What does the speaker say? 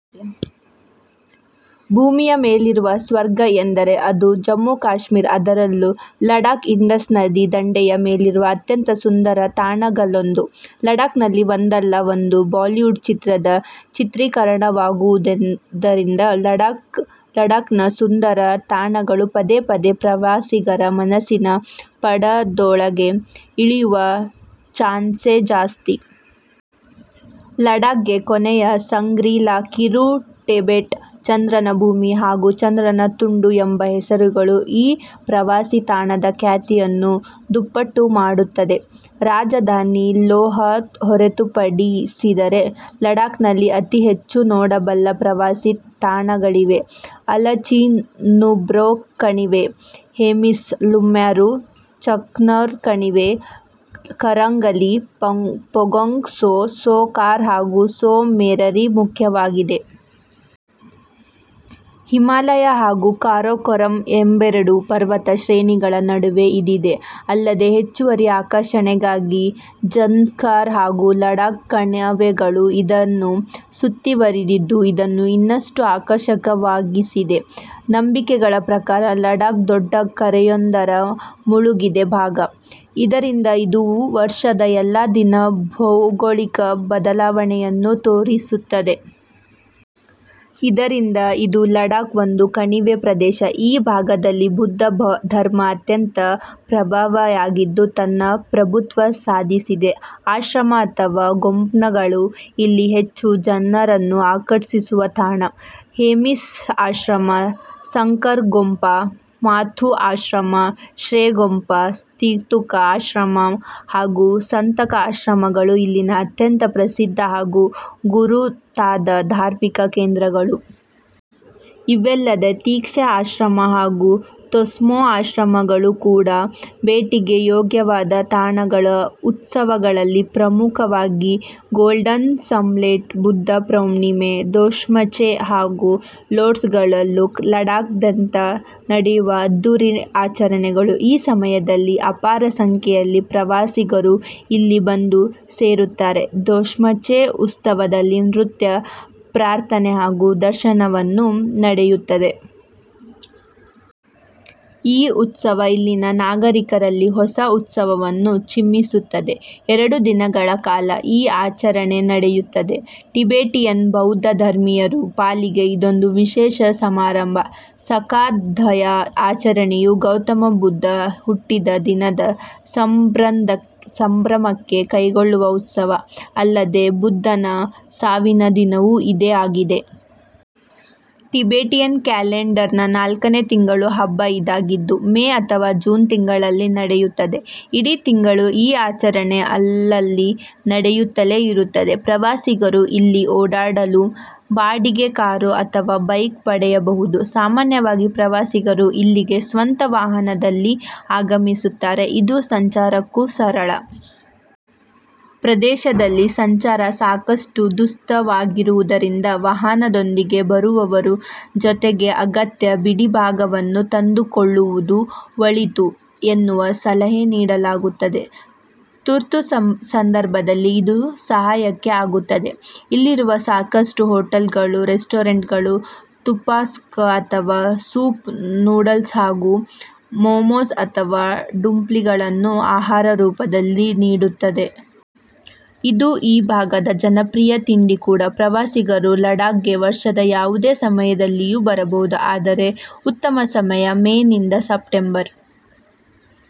ಭೂಮಿ ಯ ಮೇಲಿರುವ ಸ್ವರ್ಗ ಎಂದರೆ ಅದು ಜಮ್ಮು ಕಾಶ್ಮೀರ. ಅದರಲ್ಲೂ ಲಡಾಖ್ ಇಂಡಸ್ ನದಿ ದಂಡೆಯ ಮೇಲಿರುವ ಅತ್ಯಂತ ಸುಂದರ ತಾಣಗಲ್ಲೊಂದು. ಲಡಾಖ್ನಲ್ಲಿ ಒಂದಲ್ಲ ಒಂದು ಬಾಲಿವುಡ್ ಚಿತ್ರಗಳು ಚಿತ್ರೀಕರಣವಾಗುವುದರಿಂದ ಲಡಾಖ್ನ ಸುಂದರ ತಾಣಗಳು ಪದೇ ಪದೇ ಪ್ರವಾಸಿಗರ ಮನಸ್ಸಿನ ಪಟದೊಳಗೆ ಇಳಿಯುವ ಚಾನ್ಸೇ ಜಾಸ್ತಿ. ಲಡಾಖ್ಗೆ 'ಕೊನೆಯ ಸಂಗ್ರೀಲಾ', 'ಕಿರು ಟಿಬೆಟ್', 'ಚಂದ್ರನ ಭೂಮಿ' ಹಾಗೂ 'ಚಂದ್ರನ ತುಂಡು' ಎಂಬ ಹೆಸರುಗಳು ಈ ಪ್ರವಾಸಿ ತಾಣದ ಖ್ಯಾತಿಯನ್ನು ದುಪ್ಪಟ್ಟು ಮಾಡುತ್ತದೆ. ರಾಜಧಾನಿ ಲೇಹ್ ಹೊರತುಪಡಿಸಿದರೆ ಲಡಾಖ್ನಲ್ಲಿ ಅತೀ ಹೆಚ್ಚು ನೋಡಬಲ್ಲ ಪ್ರವಾಸಿ ತಾಣಗಳಿವೆ. ಅಲಚಿ, ನೂಬ್ರಾ ಕಣಿವೆ, ಹೇಮಿಸ್, ಲಮ್ಯಾರು, ಜನ್ಸ್ಕರ್ ಕಣಿವೆ, ಕರಂಗಲಿ, ಪಂಗೊಂಗ್ ಸೊ, ಸೋ ಕಾರ್ ಹಾಗೂ ಸೊ ಮೋರಿರಿ ಮುಖ್ಯವಾಗಿದೆ. ಹಿಮಾಲಯ ಹಾಗೂ ಕಾರಾಕೋರಂ ಎಂಬೆರಡು ಪರ್ವತ ಶ್ರೇಣಿಗಳ ನಡುವೆ ಇದಿದೆ. ಅಲ್ಲದೇ ಹೆಚ್ಚುವರಿ ಆಕರ್ಷಣೆಯಾಗಿ ಜನ್ಸಕರ್ ಹಾಗೂ ಲಡಾಖ್ ಕಣಿವೆಗಳು ಇದನ್ನು ಸುತ್ತಿವರಿದಿದ್ದು ಇದನ್ನು ಇನ್ನಷ್ಟು ಆಕರ್ಷಕವಾಗಿಸಿದೆ. ನಂಬಿಕೆಗಳ ಪ್ರಕಾರ, ಲಡಾಖ್ ದೊಡ್ಡ ಕೆರೆಯೊಂದರ ಮುಳುಗಿದ ಭಾಗ. ಇದರಿಂದ ಇದು ವರ್ಷದ ಎಲ್ಲಾ ದಿನ ಭೌಗೋಳಿಕ ಬದಲಾವಣೆಯನ್ನು ತೋರಿಸುತ್ತದೆ. ಇದರಿಂದಾಗಿ ಇದು ಲಡಾಖ್ ಒಂದು ಕಣಿವೆ ಪ್ರದೇಶ. ಈ ಭಾಗದಲ್ಲಿ ಬೌದ್ಧ ಧರ್ಮ ಅತ್ಯಂತ ಪ್ರಭಾವಿಯಾಗಿದ್ದು, ತನ್ನ ಪ್ರಭುತ್ವ ಸಾಧಿಸಿದೆ. ಆಶ್ರಮ ಅಥವಾ ಗೋಂಪ್ಗಳು ಇಲ್ಲಿ ಹೆಚ್ಚು ಜನರನ್ನು ಆಕರ್ಷಿಸುವ ತಾಣ. ಹೇಮಿಸ್ ಆಶ್ರಮ, ಸಂಕರ ಗೋಂಪಾ, ಮಾಥೂ ಆಶ್ರಮ, ಶೇ ಗೋಂಪಾ, ಸ್ಪಿತುಕ್ ಆಶ್ರಮ ಹಾಗೂ ಸತಂಕ ಆಶ್ರಮಗಳು ಇಲ್ಲಿನ ಅತ್ಯಂತ ಪ್ರಸಿದ್ಧ ಹಾಗೂ ಗುರುತಾದ ಧಾರ್ಮಿಕ ಕೇಂದ್ರಗಳು. ಇವಲ್ಲದೇ ತಿಕ್ಸೆ ಆಶ್ರಮ ಹಾಗೂ ತೆಸ್ಮೋ ಆಶ್ರಮಗಳು ಕೂಡ ಭೇಟಿಗೆ ಯೋಗ್ಯವಾದ ತಾಣಗಳು. ಉತ್ಸವಗಳಲ್ಲಿ ಪ್ರಮುಖವಾಗಿ ಗಾಲ್ಡನ್ ನಮ್ಚೋಟ್, ಬುದ್ಧ ಪೂರ್ಣಿಮೆ, ದೋಸ್ಮೋಚೇ ಹಾಗೂ ಲೋಸಾರ್ಗಳು ಲಡಾಖ್ನಾದ್ಯಂತ ನಡೆಯುವ ಅದ್ದೂರಿ ಆಚರಣೆಗಳು. ಈ ಸಮಯದಲ್ಲಿ ಅಪಾರ ಸಂಖ್ಯೆಯಲ್ಲಿ ಪ್ರವಾಸಿಗರೂ ಇಲ್ಲಿ ಬಂದು ಸೇರುತ್ತಾರೆ. ದೋಸ್ಮೋಚೇ ಉತ್ಸವದಲ್ಲಿ ನೃತ್ಯ, ಪ್ರಾರ್ಥನೆ ಹಾಗೂ ಪ್ರದರ್ಶನ ನಡೆಯುತ್ತದೆ. ಈ ಉತ್ಸವ ಇಲ್ಲಿನ ನಾಗರಿಕರಲ್ಲಿ ಹೊಸ ಉತ್ಸಾಹವನ್ನು ಚಿಮ್ಮಿಸುತ್ತದೆ. ಎರಡು ದಿನಗಳ ಕಾಲ ಈ ಆಚರಣೆ ನಡೆಯುತ್ತದೆ. ಟಿಬೇಟಿಯನ್ ಬೌದ್ಧ ಧರ್ಮೀಯರ ಪಾಲಿಗೆ ಇದೊಂದು ವಿಶೇಷ ಸಮಾರಂಭ. ಸಖಾ ದವಾ ಆಚರಣೆಯು ಗೌತಮ ಬುದ್ಧ ಹುಟ್ಟಿದ ದಿನದ ಸಂಭ್ರಮಕ್ಕೆ ಕೈಗೊಳ್ಳುವ ಉತ್ಸವ. ಅಲ್ಲದೇ ಬುದ್ಧನ ಸಾವಿನ ದಿನವೂ ಇದೇ ಆಗಿದೆ. ಟಿಬೇಟಿಯನ್ ಕ್ಯಾಲೆಂಡರ್ನ ನಾಲ್ಕನೇ ತಿಂಗಳ ಹಬ್ಬ ಇದಾಗಿದ್ದು, ಮೇ ಅಥವಾ ಜೂನ್ ತಿಂಗಳಲ್ಲಿ ನಡೆಯುತ್ತದೆ. ಇಡೀ ತಿಂಗಳು ಈ ಆಚರಣೆ ಅಲ್ಲಲ್ಲಿ ನಡೆಯುತ್ತಲೇ ಇರುತ್ತದೆ. ಪ್ರವಾಸಿಗರು ಇಲ್ಲಿ ಓಡಾಡಲು ಬಾಡಿಗೆ ಕಾರು ಅಥವಾ ಬೈಕ್ ಪಡೆಯಬಹುದು. ಸಾಮಾನ್ಯವಾಗಿ ಪ್ರವಾಸಿಗರು ಇಲ್ಲಿಗೆ ಸ್ವಂತ ವಾಹನದಲ್ಲಿ ಆಗಮಿಸುತ್ತಾರೆ. ಇದು ಸಂಚಾರಕ್ಕೂ ಸರಳ. ಪ್ರದೇಶದಲ್ಲಿ ಸಂಚಾರ ಸಾಕಷ್ಟು ದುಸ್ತರವಾಗಿರುವುದರಿಂದ ವಾಹನದೊಂದಿಗೆ ಬರುವವರು ಜತೆಗೆ ಅಗತ್ಯ ಬಿಡಿಭಾಗವನ್ನೂ ತಂದುಕೊಳ್ಳುವುದು ಒಳಿತು ಎನ್ನುವ ಸಲಹೆ ನೀಡಲಾಗುತ್ತದೆ. ತುರ್ತು ಸಂದರ್ಭದಲ್ಲಿ ಇದು ಸಹಾಯಕ್ಕೆ ಆಗುತ್ತದೆ. ಇಲ್ಲಿರುವ ಸಾಕಷ್ಟು ಹೋಟೆಲ್ಗಳು, ರೆಸ್ಟೊರೆಂಟ್ಗಳು ತುಪ್ಕಾಸ್ ಅಥವಾ ಸೂಪ್ ನೂಡಲ್ಸ್ ಹಾಗೂ ಮೋಮೊಸ್ ಅಥವಾ ಡುಪ್ಲಿಂಗ್ಗಳನ್ನು ಆಹಾರ ರೂಪದಲ್ಲಿ ನೀಡುತ್ತವೆ. ಇದು ಈ ಭಾಗದ ಜನಪ್ರಿಯ ತಿಂಡಿ ಕೂಡ. ಪ್ರವಾಸಿಗರು ಲಡಾಖ್ಗೆ ವರ್ಷದ ಯಾವುದೇ ಸಮಯದಲ್ಲಿಯೂ ಬರಬಹುದು. ಆದರೆ ಉತ್ತಮ ಸಮಯ, ಮೇ ನಿಂದ ಸೆಪ್ಟೆಂಬರ್